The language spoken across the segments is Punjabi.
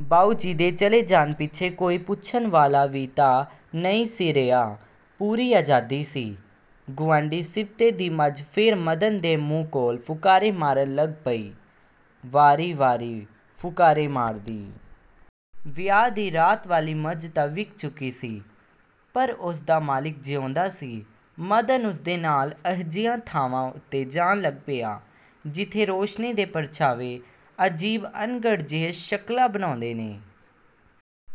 ਬਾਊਜੀ ਦੇ ਚਲੇ ਜਾਣ ਪਿੱਛੋਂ ਕੋਈ ਪੁੱਛਣ ਵਾਲਾ ਵੀ ਤਾਂ ਨਹੀਂ ਸੀ ਰਿਹਾ। ਪੂਰੀ ਆਜ਼ਾਦੀ ਸੀ। ਗੁਆਂਢੀ ਸਿਬਤੇ ਦੀ ਮੱਝ ਫੇਰ ਮਦਨ ਦੇ ਮੂੰਹ ਕੋਲ ਫੁਕਾਰੇ ਮਾਰਨ ਲੱਗ ਪਈ; ਵਾਰੀ ਵਾਰੀ ਫੁਕਾਰੇ ਮਾਰਦੀ। ਵਿਆਹ ਦੀ ਰਾਤ ਵਾਲੀ ਮੱਝ ਤਾਂ ਵਿਕ ਚੁੱਕੀ ਸੀ, ਪਰ ਉਸਦਾ ਮਾਲਿਕ ਜਿਉਂਦਾ ਸੀ। ਮਦਨ ਉਸ ਦੇ ਨਾਲ ਅਜਿਹੀਆਂ ਥਾਵਾਂ ਉੱਤੇ ਜਾਣ ਲੱਗ ਪਿਆ, ਜਿੱਥੇ ਰੌਸ਼ਨੀ ਤੇ ਪ੍ਰਛਾਵੇਂ ਅਜੀਬ ਅਣਘੜ ਜਿਹੀ ਸ਼ਕਲਾਂ ਬਣਾਉਦੇ ਨੇ।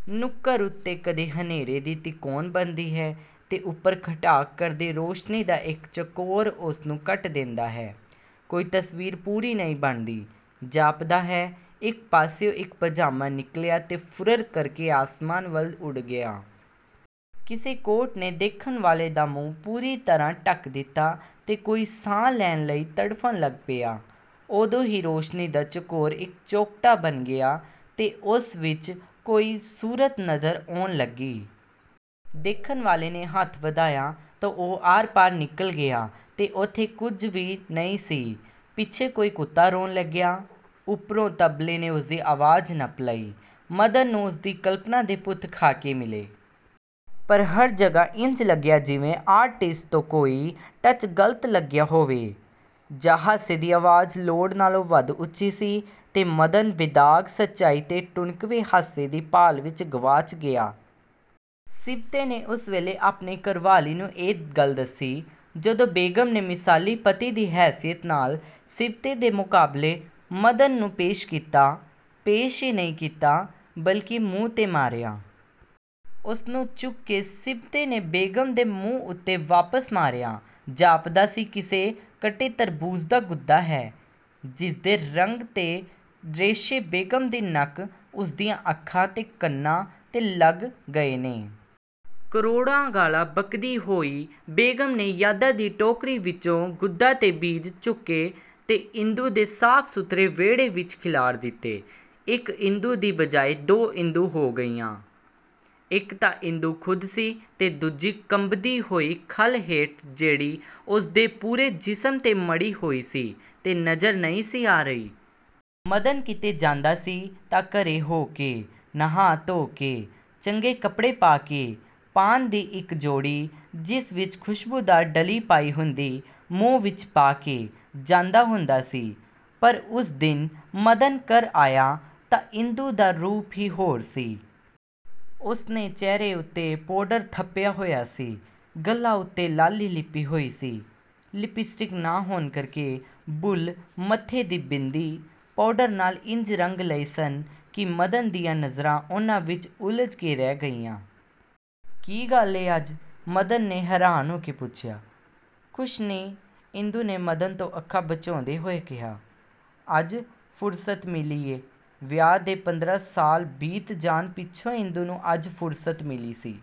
ਨੁੱਕਰ ਉੱਤੇ ਕਦੀ ਹਨੇਰੇ ਦੀ ਤਿਕੋਨ ਬਣਦੀ ਹੈ ਤੇ ਉਪਰ ਖਟਾਕ ਕਰਕੇ ਰੌਸ਼ਨੀ ਦਾ ਇਕ ਚਕੋਰ ਉਸਨੂੰ ਕੱਟ ਦਿੰਦਾ ਹੈ। ਕੋਈ ਤਸਵੀਰ ਪੂਰੀ ਨਹੀਂ ਬਣਦੀ। ਜਾਪਦਾ ਹੈ, ਇਕ ਪਾਸਿਓਂ ਇਕ ਪਾਜਾਮਾ ਨਿਕਲਿਆ ਤੇ ਫੁਰਰ ਕਰਕੇ ਆਸਮਾਨ ਵੱਲ ਉੱਡ ਗਿਆ। ਕਿਸੇ ਕੋਟ ਨੇ ਦੇਖਣ ਵਾਲੇ ਦਾ ਮੂੰਹ ਪੂਰੀ ਤਰ੍ਹਾਂ ਢਕ ਦਿਤਾ ਤੇ ਕੋਈ ਸਾਹ ਲੈਣ ਲਈ ਤੜਫਨ ਲੱਗ ਪਿਆ। ਉਦੋਂ ਹੀ ਰੌਸ਼ਨੀ ਦਾ ਚਕੋਰ ਇਕ ਚੌਖ਼ਟਾ ਬਣ ਗਿਆ ਤੇ ਉਸ ਵਿਚ ਕੋਈ ਸੂਰਤ ਨਜ਼ਰ ਆਉਣ ਲੱਗੀ। ਦੇਖਣ ਵਾਲੇ ਨੇ ਹੱਥ ਵਧਾਇਆ ਤਾਂ ਉਹ ਆਰਪਾਰ ਨਿਕਲ ਗਿਆ ਤੇ ਉੱਥੇ ਕੁਝ ਵੀ ਨਹੀਂ ਸੀ। ਪਿੱਛੇ ਕੋਈ ਕੁੱਤਾ ਰੋਣ ਲੱਗਿਆ, ਉਪਰੋਂ ਤਬਲੇ ਨੇ ਉਸਦੀ ਆਵਾਜ਼ ਨੱਪ ਲਈ। ਮਦਨ ਨੂੰ ਉਸਦੀ ਕਲਪਣਾ ਦੇ ਬੁੱਤ–ਖ਼ਾਕੇ ਮਿਲੇ। ਪਰ ਹਰ ਜਗ੍ਹਾ ਇੰਜ ਲੱਗਿਆ ਜਿਵੇਂ ਆਰਟਿਸਟ ਤੋਂ ਕੋਈ ਟੱਚ ਗਲਤ ਲੱਗ ਗਿਆ ਹੋਵੇ। ਜਾਂ ਹਾਸੇ ਦੀ ਆਵਾਜ਼ ਲੋੜ ਨਾਲੋਂ ਵੱਧ ਉੱਚੀ ਸੀ ਤੇ ਮਦਨ ਬੇਦਾਗ ਸੱਚਾਈ ਤੇ ਟੁਣਕਵੇਂ ਹਾਸੇ ਦੀ ਭਾਲ ਵਿਚ ਗਵਾਚ ਗਿਆ। ਸਿਬਤੇ ਨੇ ਉਸ ਵੇਲੇ ਆਪਣੀ ਘਰਵਾਲੀ ਨੂੰ ਇਹ ਗੱਲ ਦੱਸੀ, ਜਦੋਂ ਬੇਗ਼ਮ ਨੇ ਮਿਸਾਲੀ ਪਤੀ ਦੀ ਹੈਸੀਅਤ ਨਾਲ ਸਿਬਤੇ ਦੇ ਮੁਕਾਬਲੇ ਮਦਨ ਨੂੰ ਪੇਸ਼ ਕੀਤਾ; ਪੇਸ਼ ਹੀ ਨਹੀਂ ਕੀਤਾ ਬਲਿਕੇ ਮੂੰਹ 'ਤੇ ਮਾਰਿਆ। ਉਸਨੂੰ ਚੁੱਕ ਕੇ ਸਿਬਤੇ ਨੇ ਬੇਗ਼ਮ ਦੇ ਮੂੰਹ ਉੱਤੇ ਵਾਪਸ ਮਾਰਿਆ। ਜਾਪਦਾ ਸੀ ਕਿਸੇ ਕੱਟੇ ਤਰਬੂਜ਼ ਦਾ ਗੁਦਾ ਹੈ ਜਿਸਦੇ ਰੰਗ ਤੇ ਰੇਸ਼ੇ ਬੇਗ਼ਮ ਦੀ ਨੱਕ, ਉਸਦੀਆਂ ਅੱਖਾਂ ਤੇ ਕੰਨਾਂ 'ਤੇ ਲੱਗ ਗਏ ਨੇ। ਕਰੋੜਾਂ ਗਾਲ੍ਹਾਂ ਬਕਦੀ ਹੋਈ ਬੇਗ਼ਮ ਨੇ ਯਾਦਾਂ ਦੀ ਟੋਕਰੀ ਵਿਚੋਂ ਗੁੱਦਾ ਤੇ ਬੀਜ ਚੁੱਕੇ ਤੇ ਇੰਦੂ ਦੇ ਸਾਫ–ਸੁਥਰੇ ਵਿਹੜੇ ਵਿਚ ਖਿਲਾਰ ਦਿਤੇ। ਇਕ ਇੰਦੂ ਦੀ ਬਜਾਏ ਦੋ ਇੰਦੂ ਹੋ ਗਈਆਂ, ਇਕ ਤਾਂ ਇੰਦੂ ਖ਼ੁਦ ਸੀ ਤੇ ਦੂਜੀ ਕੰਬਦੀ ਹੋਈ ਖੱਲ ਹੇਠ ਜਿਹੜੀ ਉਸਦੇ ਪੂਰੇ ਜਿਸਮ 'ਤੇ ਮੜ੍ਹੀ ਹੋਈ ਸੀ ਤੇ ਨਜ਼ਰ ਨਹੀਂ ਸੀ ਆ ਰਹੀ। ਮਦਨ ਕਿਤੇ ਜਾਂਦਾ ਸੀ ਤਾਂ ਘਰੇ ਹੋ–ਕੇ, ਨਹਾ ਧੋ–ਕੇ, ਚੰਗੇ ਕਪੜੇ ਪਾ–ਕੇ, ਪਾਨ ਦੀ ਇਕ ਜੋੜੀ ਜਿਸ ਵਿਚ ਖੁਸ਼ਬੂਦਾਰ ਡਲੀ ਪਾਈ ਹੁੰਦੀ, ਮੂੰਹ ਵਿਚ ਪਾ–ਕੇ ਜਾਂਦਾ ਹੁੰਦਾ ਸੀ। ਪਰ ਉਸ ਦਿਨ ਮਦਨ ਘਰ ਆਇਆ ਤਾਂ ਇੰਦੂ ਦਾ ਰੂਪ ਹੀ ਹੋਰ ਸੀ। ਉਸਨੇ ਚਿਹਰੇ ਉੱਤੇ ਪਾਊਡਰ ਥੱਪਿਆ ਹੋਇਆ ਸੀ। ਗੱਲ੍ਹਾਂ ਉੱਤੇ ਲਾਲੀ ਲਿੱਪੀ ਹੋਈ ਸੀ। ਲਿਪਸਟਿਕ ਨਾ ਹੋਣ ਕਰਕੇ ਬੁੱਲ੍ਹ ਮੱਥੇ ਦੀ ਬਿੰਦੀ–ਪਾਊਡਰ ਨਾਲ ਇੰਜ ਰੰਗ ਲਏ ਸਨ ਕਿ ਮਦਨ ਦੀਆਂ ਨਜ਼ਰਾਂ ਉਹਨਾਂ ਵਿਚ ਉਲਝ ਕੇ ਰਹਿ ਗਈਆਂ। "ਕੀ ਗੱਲ ਏ ਅੱਜ? " ਮਦਨ ਨੇ ਹੈਰਾਨ ਹੋ ਕੇ ਪੁੱਛਿਆ। "ਕੁਸ਼ ਨੀਂ," ਇੰਦੂ ਨੇ ਮਦਨ ਤੋਂ ਅੱਖਾਂ ਬਚਾਉਂਦਿਆਂ ਹੋਇਆਂ ਕਿਹਾ-"ਅੱਜ ਫ਼ੁਰਸਤ ਮਿਲੀ ਐ" ਵਿਆਹ ਦੇ ਪੰਦਰਾਂ ਸਾਲ ਬੀਤ ਜਾਣ ਪਿੱਛੋਂ ਇੰਦੂ ਨੂੰ ਅੱਜ ਫ਼ੁਰਸਤ ਮਿਲੀ ਸੀ।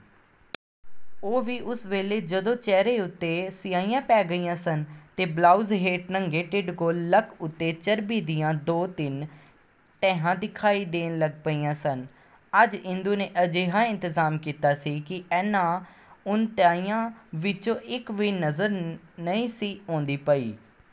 ਉਹ ਵੀ ਉਸ ਵੇਲੇ ਜਦੋਂ ਚਿਹਰੇ ਉੱਤੇ ਸਿਆਹੀਆਂ ਪੈ ਗਈਆਂ ਸਨ ਤੇ ਬਲਾਊਜ਼ ਹੇਠ ਨੰਗੇ ਢਿੱਡ ਕੋਲ ਲੱਕ ਉੱਤੇ ਚਰਬੀ ਦੀਆਂ ਦੋ ਤਿੰਨ ਤੈਹਾਂ ਦਿਖਾਈ ਦੇਣ ਲੱਗ ਪਈਆਂ ਸਨ। ਅੱਜ ਇੰਦੂ ਨੇ ਅਜਿਹਾ ਇੰਤਜ਼ਾਮ ਕੀਤਾ ਸੀ ਕਿ ਇਹਨਾਂ ਉਣਤਾਈਆਂ ਵਿਚੋਂ ਇਕ ਵੀ ਨਜ਼ਰ ਨਹੀਂ ਸੀ ਆਉਂਦੀ ਪਈ।